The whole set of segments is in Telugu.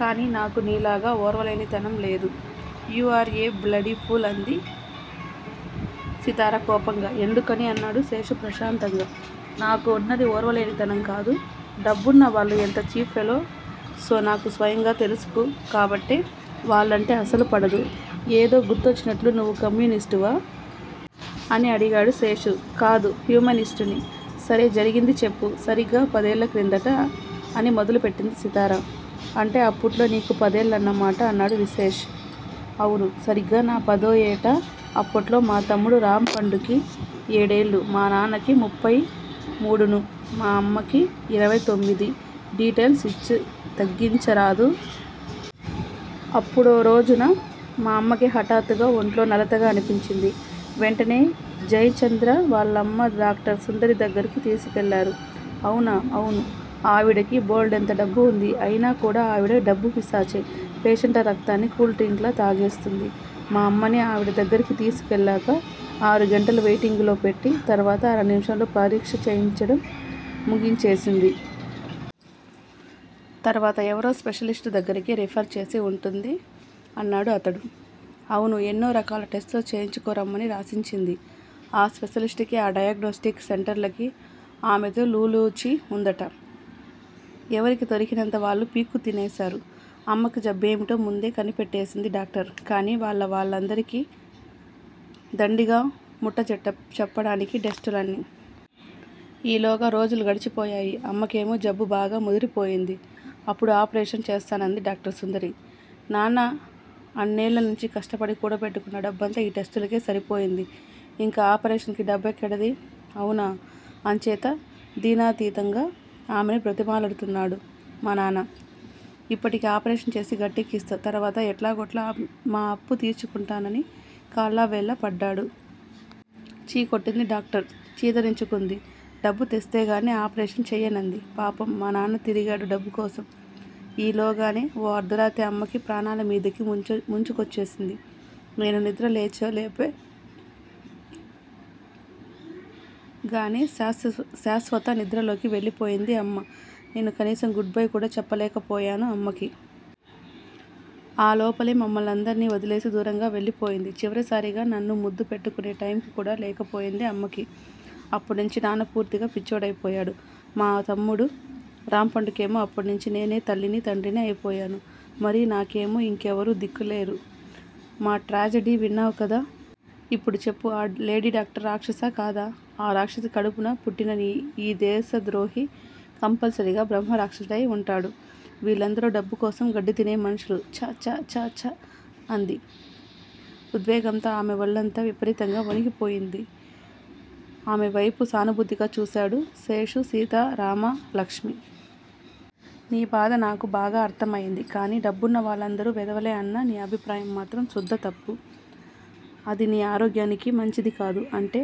కానీ నాకు నీలాగా ఓర్వలేనితనం లేదు. యూఆర్ ఏ బ్లడీఫూల్ అంది సితార కోపంగా. ఎందుకని? అన్నాడు శేషు ప్రశాంతంగా. నాకు ఉన్నదీ ఓర్వలేనితనం కాదు. డబ్బున్న వాళ్ళు ఎంత ఛీప్ ఫెలో సో నాకు స్వయంగా తెలుసు కాబట్టే వాళ్ళంటే అస్సలు పడదు. ఏదో గుర్తొచ్చినట్లు నువ్వు కమ్యూనిస్టువా? అని అడిగాడు శేషు. కాదు హ్యూమనిస్టుని. సరే! జరిగింది చెప్పు. సరిగ్గా పదేళ్ళ క్రిందట అని మొదలెట్టింది సితార. అంటే అప్పట్లో నీకు పదేళ్ళన్నమాట అన్నాడు విశేష్. అవును! సరిగ్గా నా పదో ఏట, అప్పట్లో మా తమ్ముడు రాంపండుకి ఏడేళ్ళూ, మా నాన్నకి ముఫ్ఫయి మూడూనూ, మా అమ్మకి ఇరవై తొమ్మిది డిటెయిల్స్ తగ్గించరాదూ? అప్పుడో రోజున మా అమ్మకి హఠాత్తుగా ఒంట్లో నలతగా అనిపించింది. వెంటనే జెయ్ చంద్ర వాళ్ళమ్మ డాక్టర్ సుందరి దగ్గరకు తీసుకెళ్ళారు. ఔనా? ఔను! ఆవిడకి బోల్డెంత డబ్బు వుంది. అయినా కూడా ఆవిడ డబ్బుపిశాచే. పేషెంట్ల రక్తాన్ని కూల్ డ్రింక్ లా తాగేస్తుంది. మా అమ్మని ఆవిడ దగ్గరికి తీసుకెళ్ళాక ఆరుగంటలు వెయిటింగులో పెట్టి, తర్వాత అరనిమిషంలో పరీక్షచెయ్యడం ముగించేసింది. తర్వాత ఎవరో స్పెషలిస్టు దగ్గరికి రిఫర్ చేసి వుంటుంది అన్నాడు అతడు. అవును! ఎన్నో రకాల టెస్టులు చేయించుకోమని రాసిచ్చింది. ఆ స్పెషలిస్టులకీ, ఆ డయాగ్నోస్టిక్ సెంటర్లకీ ఆమెతో లాలూచీ వుందట. ఎవరికి దొరికినంత వాళ్ళు పీక్కు తినేశారు. అమ్మకి జబ్బేమిటో ముందే కనిపెట్టేసింది డాక్టర్, కానీ వాళ్ళ వాళ్ళందరికీ దండిగా ముట్టచెప్పడానికే టెస్టులన్నీ. ఈలోగా రోజులు గడచిపోయాయి. అమ్మకేమో జబ్బుబాగా ముదిరిపోయింది. అప్పుడు ఆపరేషన్ చేస్తానంది డాక్టర్ సుందరి. నాన్న అన్నేళ్ళనుంచి కష్టపడి కూడబెట్టుకున్న డబ్బంతా ఈ టెస్టులకే సరిపోయింది. ఇంక ఆపరేషన్ కి డబ్బెక్కడిదీ? అవునా? అంచేత దీనాతిదీనంగా ఆమెని బతిమలాడుకున్నాడు మా నాన్న. ఇప్పటికి ఆపరేషన్ చేసి గట్టెక్కిస్తే తర్వాత ఎట్లాగొట్లా ఆ అప్పు తీర్చుకుంటానని కాళ్ళా వేళ్ళా పడ్డాడు. ఛీ కొట్టింది డాక్టరు, చీదరించుకుంది. డబ్బుతెస్తేగానీ ఆపరేషన్ చెయ్యనంది. పాపం మా నాన్న తిరిగాడు డబ్బు కోసం. ఈలోగానే ఓ అర్దరాత్రి అమ్మకి ప్రాణాలమీదికి ముంచుకొచ్చేసింది. నేను నిద్ర లేచేలోగానే శాశ్వత నిద్రలోకి వెళ్ళిపోయింది అమ్మ. నేను కనీసం గుడ్ బై కూడా చెప్పలేకపోయాను అమ్మకి. ఆ లోపలే మమ్మల్నందర్నీ వదిలేసి దూరంగా వెళ్ళిపోయింది. చివరిసారిగా నన్ను ముద్దు పెట్టుకునే టైముకూడా లేకపోయింది అమ్మకి. అప్పట్నుంచీ నాన్న పూర్తిగా పిచ్చోడైపోయాడు. మా తమ్ముడు రాంపండుకేమో అప్పట్నుంచీ నేనే తల్లినీ, తండ్రినీ అయిపోయాను. మరి నాకేమో యింకెవరూ దిక్కు లేరు. మా ట్రాజెడీ విన్నావ్ గదా! ఇప్పుడు చెప్పు. ఆ లేడీ డాక్టరు రాక్షసా కాదా? ఆ రాక్షసి కడుపున పుట్టిన ఈ దేశద్రోహి కంపల్సరీగా బ్రహ్మరాక్షసుడై వుంటాడు. వీళ్ళందరూ డబ్బుకోసం గడ్డితినే మనుషులు. ఛఛ ఛఛ! అంది. ఉద్వేగంతో ఆమె వళ్ళంతా విపరీతంగా ఒణికిపోతోంది. ఆమెవైపు సానుభూతిగా చూశాడు శేషు సీతారామలక్ష్మీ! నీ బాధ నాకు బాగా అర్ధమయ్యింది. కానీ డబ్బున్నవాళ్ళందరూ వెధవలే అన్న నీ అభిప్రాయం మాత్రం శుద్ద తప్పు. అది నీ ఆరోగ్యానికి మంచిది కాదు. అంటే?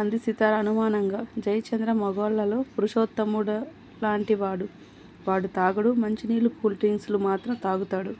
అంది సితార అనుమానంగా. జెయ్ చంద్ర మొగాళ్ళలో పురుషోత్తముడిలాంటివాడు. వాడు తాగడు. మంచినీళ్ళు, కూల్ డ్రింకులూ మాత్రం తాగుతాడు.